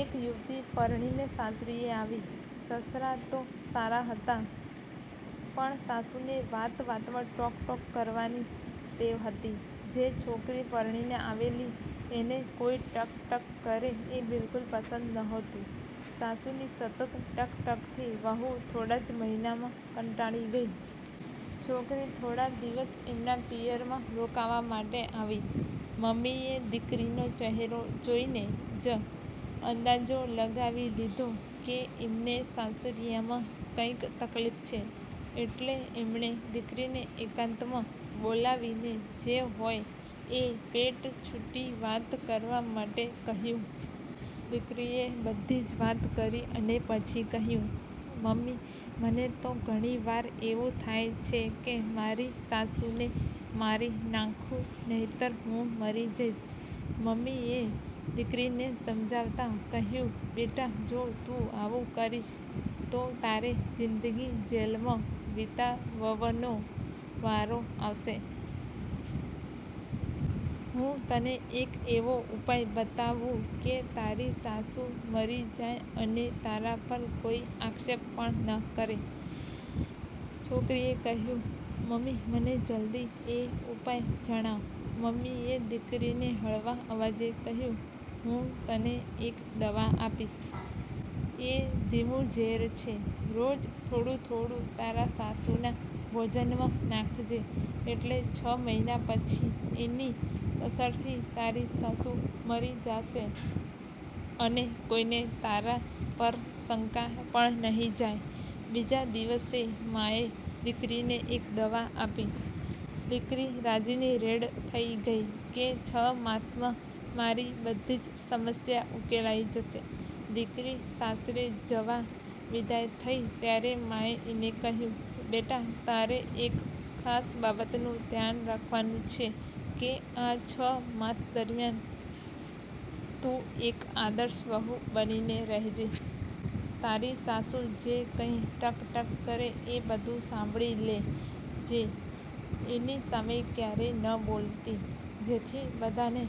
એક યુવતી પરણીને સાસરીએ આવી. સસરા તો સારા હતા પણ સાસુને વાત વાતમાં ટોક ટોક કરવાની ટેવ હતી. જે છોકરી પરણીને આવેલી એને કોઇ ટક ટક કરે એ બીલકુલ પસંદ નહોતું. સાસુની સતત ટક ટકથી વહુ થોડા જ મહીનામાં કંટાળી ગઇ. છોકરી થોડા દિવસ એમના પિયરમાં રોકાવા માટે આવી. મમ્મીએ દિકરીનો ચહેરો જોઇને જ અંદાજ લગાવી લીધો કે એમને સાસરીયામાં કંઇક તકલીફ છે એટલે એમણે દિકરીને એકાંતમાં બોલાવીને જે હોય એ પેટ છુટી વાત કરવા માટે કહ્યુ. દિકરીએ બધી જ વાત કરી અને પછી કહ્યુ, મમ્મી મને તો ઘણીવાર એવું થાય છે કે મારી સાસુને મારી નાંખુ નહીતર હું મરી જઇશ. મમ્મીએ દિકરીને સમજાવતા કહ્યુ, બેટા. જો તું આવુ કરીશ તો તારે જીંદગી જેલમાં વિતાવવનો વારો આવશે. હું તને એક એવો ઉપાય બતાવું કે તારી સાસુ મરી જાય અને તારા પર કોઇ આક્ષેપ પણ ન કરે. છોકરીએ કહ્યુ, મમ્મી મને જલદી એ ઉપાય જણાવ. મમ્મીએ દિકરીને હળવા અવાજે કહ્યુ, હું તને એક દવા આપીશ. એ ધીમુ ઝેર છે. રોજ થોડું થોડું તારા સાસુના ભોજનમાં નાંખજે એટલે છ મહીના પછી એની અસરથી તારી સાસુ મરી જાશે અને કોઇને તારા પર શંકા પણ નહી જાય. બીજા દિવસે માએ દિકરીને એક દવા આપી. દિકરી રાજીની રેડ થઇ ગઇ કે છ માસમાં મારી બધી જ સમસ્યા ઉકેલાઇ જશે. દિકરી સાસરે જવા વિદાઇ થઇ ત્યારે માએ એને કહ્યુ, બેટા, તારે એક ખાસ બાબતનું ધ્યાન રાખવાનું છે કે આ છ માસ દરમ્યાન તું એક આદર્શ વહુ બનીને રહેજે. તારી સાસુ જે કંઇ ટક ટક કરે એ બધુ સાંભળી લે જે એની સામે ક્યારેય ન બોલતી જેથી બધાને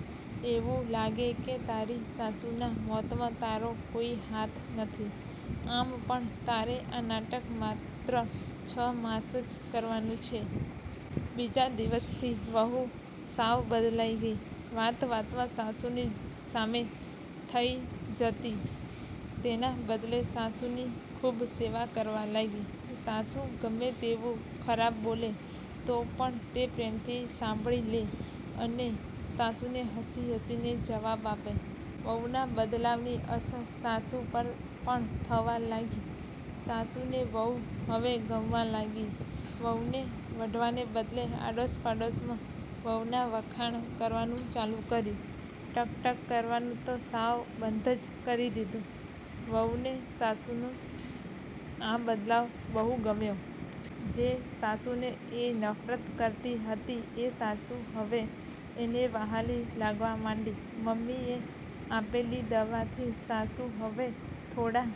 એવું લાગે કે તારી સાસુના મોતમાં તારો કોઇ હાથ નથી. આમ પણ તારે આ નાટક માત્ર છ માસ જ કરવાનું છે. બીજા દિવસથી વહુ સાવ બદલાઇ ગઇ. વાત વાતમાં સાસુની સામે થઇ જતી એના બદલે સાસુની ખુબ સેવા કરવા લાગી. સાસુ ગમે તેવુ ખરાબ બોલે તો પણ તે પ્રેમથી સાંભળી લે અને સાસુને હસી હસીને જવાબ આપે. વહુના બદલાવની અસર સાસુ પર પણ થવા લાગી. સાસુને વહુ હવે ગમવા લાગી. વહુને વઢવાને બદલે આડોશ પાડોશમાં વહુના વખાણ કરવાનું ચાલુ કર્યુ. ટક ટક કરવાનું તો સાવ બંધ જ કરી દીધુ. વહુને સાસુનો આ બદલાવ બહુ ગમ્યો. જે સાસુને એ નફરત કરતી હતી એ સાસુ હવે એને વહાલી લાગવા માંડી. મમ્મીએ આપેલી દવાથી સાસુ હવે થોડા